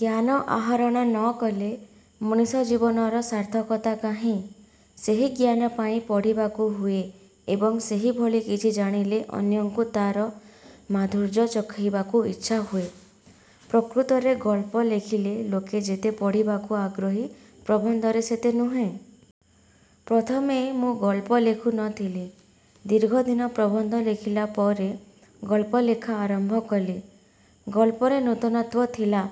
ଜ୍ଞାନ ଆହାରଣ ନ କଲେ ମଣିଷ ଜୀବନର ସାର୍ଥକତା କାହିଁ? ସେହି ଜ୍ଞାନ ପାଇଁ ପଢ଼ିବାକୁ ହୁଏ ଏବଂ ସେହିଭଳି କିଛି ଜାଣିଲେ ଅନ୍ୟଙ୍କୁ ତାର ମାଧୁର୍ଯ୍ୟ ଚଖେଇବାକୁ ଇଚ୍ଛା ହୁଏ। ପ୍ରକୃତରେ ଗଳ୍ପ ଲେଖିଲେ ଲୋକେ ଯେତେ ପଢ଼ିବାକୁ ଆଗ୍ରହୀ ପ୍ରବନ୍ଧରେ ସେତେ ନୁହେଁ। ପ୍ରଥମେ ମୁଁ ଗଳ୍ପ ଲେଖୁ ନଥିଲି। ଦୀର୍ଘଦିନ ପ୍ରବନ୍ଧ ଲେଖିଲା ପରେ ଗଳ୍ପଲେଖା ଆରମ୍ଭ କଲି। ଗଳ୍ପରେ ନୂତନତ୍ୱ ଥିଲେ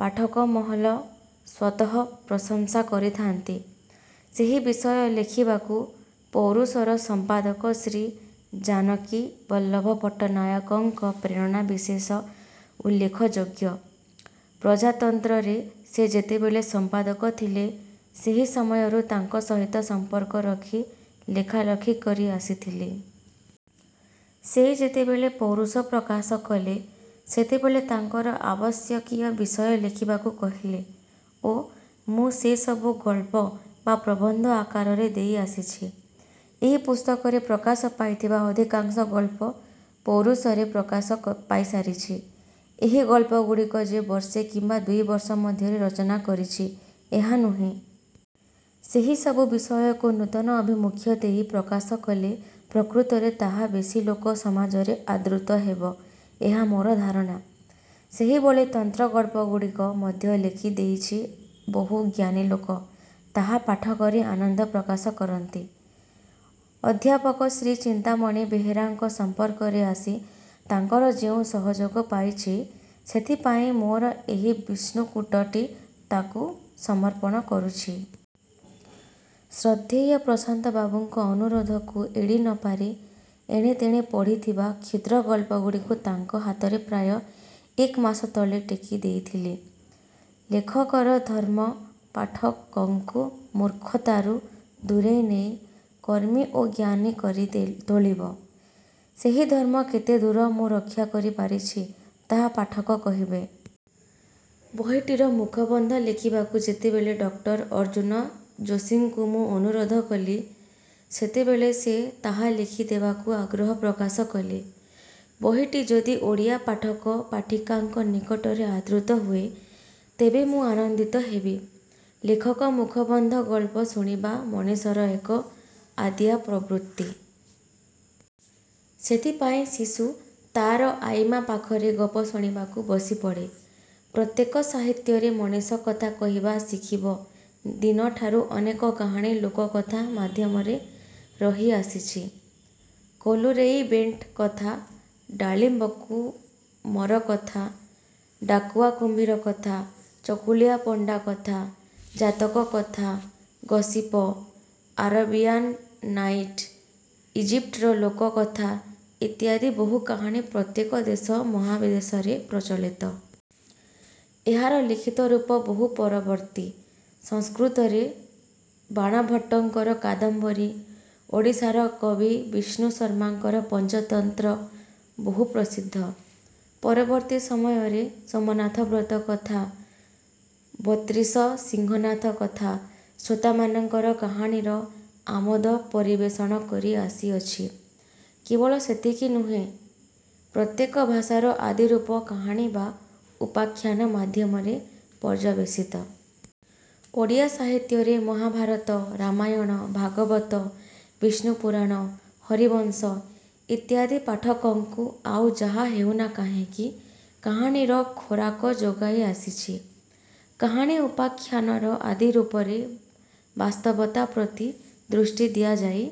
ପାଠକମହଲ ସ୍ୱତଃ ପ୍ରଶଂସା କରିଥାନ୍ତି। ଏହି ବିଷୟ ଲେଖିବାକୁ ପୌରୁଷର ସମ୍ପାଦକ ଶ୍ରୀ ଜାନକୀ ବଲ୍ଲଭ ପଟ୍ଟନାୟକଙ୍କ ପ୍ରେରଣା ବିଶେଷ ଉଲ୍ଲେଖଯୋଗ୍ୟ। ପ୍ରଜାତନ୍ତ୍ରରେ ସେ ଯେତେବେଳେ ସମ୍ପାଦକ ଥିଲେ ସେହି ସମୟରୁ ତାଙ୍କ ସହିତ ସମ୍ପର୍କ ରଖି ଲେଖାଲେଖି କରି ଆସିଥିଲି। ସେ ଯେତେବେଳେ 'ପୌରୁଷ' ପ୍ରକାଶ କଲେ ସେତେବେଳେ ତାଙ୍କର ଆବଶ୍ୟକୀୟ ବିଷୟ ଲେଖିବାକୁ କହିଲେ ଓ ମୁଁ ସେସବୁ ଗଳ୍ପ ବା ପ୍ରବନ୍ଧ ଆକାରରେ ଦେଇ ଆସିଛି। ଏହି ପୁସ୍ତକରେ ପ୍ରକାଶ ପାଇଥିବା ଅଧିକାଂଶ ଗଳ୍ପ ପୌରୁଷରେ ପ୍ରକାଶ ପାଇସାରିଛି। ଏହି ଗଳ୍ପଗୁଡ଼ିକ ଯେ ବର୍ଷେ କିମ୍ୱା ଦୁଇବର୍ଷ ମଧ୍ୟରେ ରଚନା କରିଛି ଏହା ନୁହେଁ। ସେହି ସବୁ ବିଷୟକୁ ନୂତନ ଆଭିମୁଖ୍ୟ ଦେଇ ପ୍ରକାଶ କଲେ ପ୍ରକୃତରେ ତାହା ବେଶୀ ଲୋକସମାଜରେ ଆଦୃତ ହେବ ଏହା ମୋର ଧାରଣା। ସେହିଭଳି ତନ୍ତ୍ରଗଳ୍ପଗୁଡ଼ିକ ମଧ୍ୟ ଲେଖି ଦେଖିଛି ବହୁ ଜ୍ଞାନୀଲୋକ ତାହା ପାଠ କରି ଆନନ୍ଦ ପ୍ରକାଶ କରନ୍ତି। ଅଧ୍ୟାପକ ଶ୍ରୀ ଚିନ୍ତାମଣି ବେହେରାଙ୍କ ସମ୍ପର୍କରେ ଆସି ତାଙ୍କର ଯେଉଁ ସହଯୋଗ ପାଇଛି ସେଥିପାଇଁ ମୋର ଏହି 'ବିଷ୍ଣୁକୂଟ'ଟି ତାଙ୍କୁ ସମର୍ପଣ କରୁଛି। ଶ୍ରଦ୍ଧେୟ ପ୍ରଶାନ୍ତ ବାବୁଙ୍କ ଅନୁରୋଧକୁ ଏଡ଼ି ନପାରି ଏଣେତେଣେ ପଢ଼ିଥିବା କ୍ଷୁଦ୍ର ଗଳ୍ପଗୁଡ଼ିକୁ ତାଙ୍କ ହାତରେ ପ୍ରାୟ। ମାସ ତଳେ ଟେକି ଦେଇଥିଲି। ଲେଖକର ଧର୍ମ ପାଠକଙ୍କୁ ମୂର୍ଖତାରୁ ଦୂରେଇନେଇ କର୍ମୀ ଓ ଜ୍ଞାନୀକରି ତୋଳିବ। ସେହି ଧର୍ମ କେତେଦୂର ମୁଁ ରକ୍ଷା କରିପାରିଛି ତାହା ପାଠକ କହିବେ। ବହିଟିର ମୁଖବନ୍ଧ ଲେଖିବାକୁ ଯେତେବେଳେ ଡଃ ଅର୍ଜ୍ଜୁନ ଯୋଷୀଙ୍କୁ ମୁଁ ଅନୁରୋଧ କଲି ସେତେବେଳେ ସେ ତାହା ଲେଖି ଦେବାକୁ ଆଗ୍ରହ ପ୍ରକାଶ କଲେ। ବହିଟି ଯଦି ଓଡ଼ିଆ ପାଠକ ପାଠିକାଙ୍କ ନିକଟରେ ଆଦୃତ ହୁଏ ତେବେ ମୁଁ ଆନନ୍ଦିତ ହେବି। ଲେଖକ ମୁଖବନ୍ଧ ଗଳ୍ପ ଶୁଣିବା ମଣିଷର ଏକ ଆଦିଆ ପ୍ରବୃତ୍ତି। ସେଥିପାଇଁ ଶିଶୁ ତାର 'ଆଈମା' ପାଖରେ ଗପ ଶୁଣିବାକୁ ବସିପଡ଼େ। ପ୍ରତ୍ୟେକ ସାହିତ୍ୟରେ ମଣିଷ କଥା କହିବା ଶିଖିବ ଦିନଠାରୁ ଅନେକ କାହାଣୀ ଲୋକକଥା ମାଧ୍ୟମରେ ରହିଆସିଛି। କଲୁରେଇ ବେଣ୍ଟ କଥା, ଡାଳିମ୍ୱକୁମର କଥା, ଟାକୁଆ କୁମ୍ଭୀର କଥା, ଚକୁଳିଆ ପଣ୍ଡା କଥା, ଜାତକ କଥା, ଗସିପ, ଆରବୀୟାନ ନାଇଟ୍, ଇଜିପ୍ଟର ଲୋକ କଥା ଇତ୍ୟାଦି ବହୁ କାହାଣୀ ପ୍ରତ୍ୟେକ ଦେଶ ମହାଦେଶରେ ପ୍ରଚଳିତ। ଏହାର ଲିଖିତ ରୂପ ବହୁ ପରବର୍ତ୍ତୀ। ସଂସ୍କୃତରେ ବାଣଭଟ୍ଟଙ୍କର 'କାଦମ୍ୱରୀ', ଓଡ଼ିଶାର କବି ବିଷ୍ଣୁ ଶର୍ମାଙ୍କର 'ପଞ୍ଚତନ୍ତ୍ର' ବହୁ ପ୍ରସିଦ୍ଧ। ପରବର୍ତ୍ତୀ ସମୟରେ 'ସୋମନାଥ ବ୍ରତ କଥା', 'ବତ୍ରିଶ ସିଂହାସନ କଥା' ଶ୍ରୋତାମାନଙ୍କ କାହାଣୀର ଆମୋଦ ପରିବେଷଣ କରି ଆସିଅଛି। କେବଳ ସେତିକି ନୁହେଁ ପ୍ରତ୍ୟେକ ଭାଷାର ଆଦିରୂପ କାହାଣୀ ବା ଉପାଖ୍ୟାନ ମାଧ୍ୟମରେ ପର୍ଯ୍ୟବେଶିତ। ଓଡ଼ିଆ ସାହିତ୍ୟରେ ମହାଭାରତ, ରାମାୟଣ, ଭାଗବତ, ବିଷ୍ଣୁ ପୁରାଣ, ହରିବଂଶ ଇତ୍ୟାଦି ପାଠକଙ୍କୁ ଆଉ ଯାହା ହେଉନା କାହିଁକି କାହାଣୀର ଖୋରାକ ଯୋଗାଇ ଆସିଛି। କାହାଣୀ ଉପାଖ୍ୟାନର ଆଦି ରୂପରେ ବାସ୍ତବତା ପ୍ରତି ଦୃଷ୍ଟି ଦିଆଯାଇ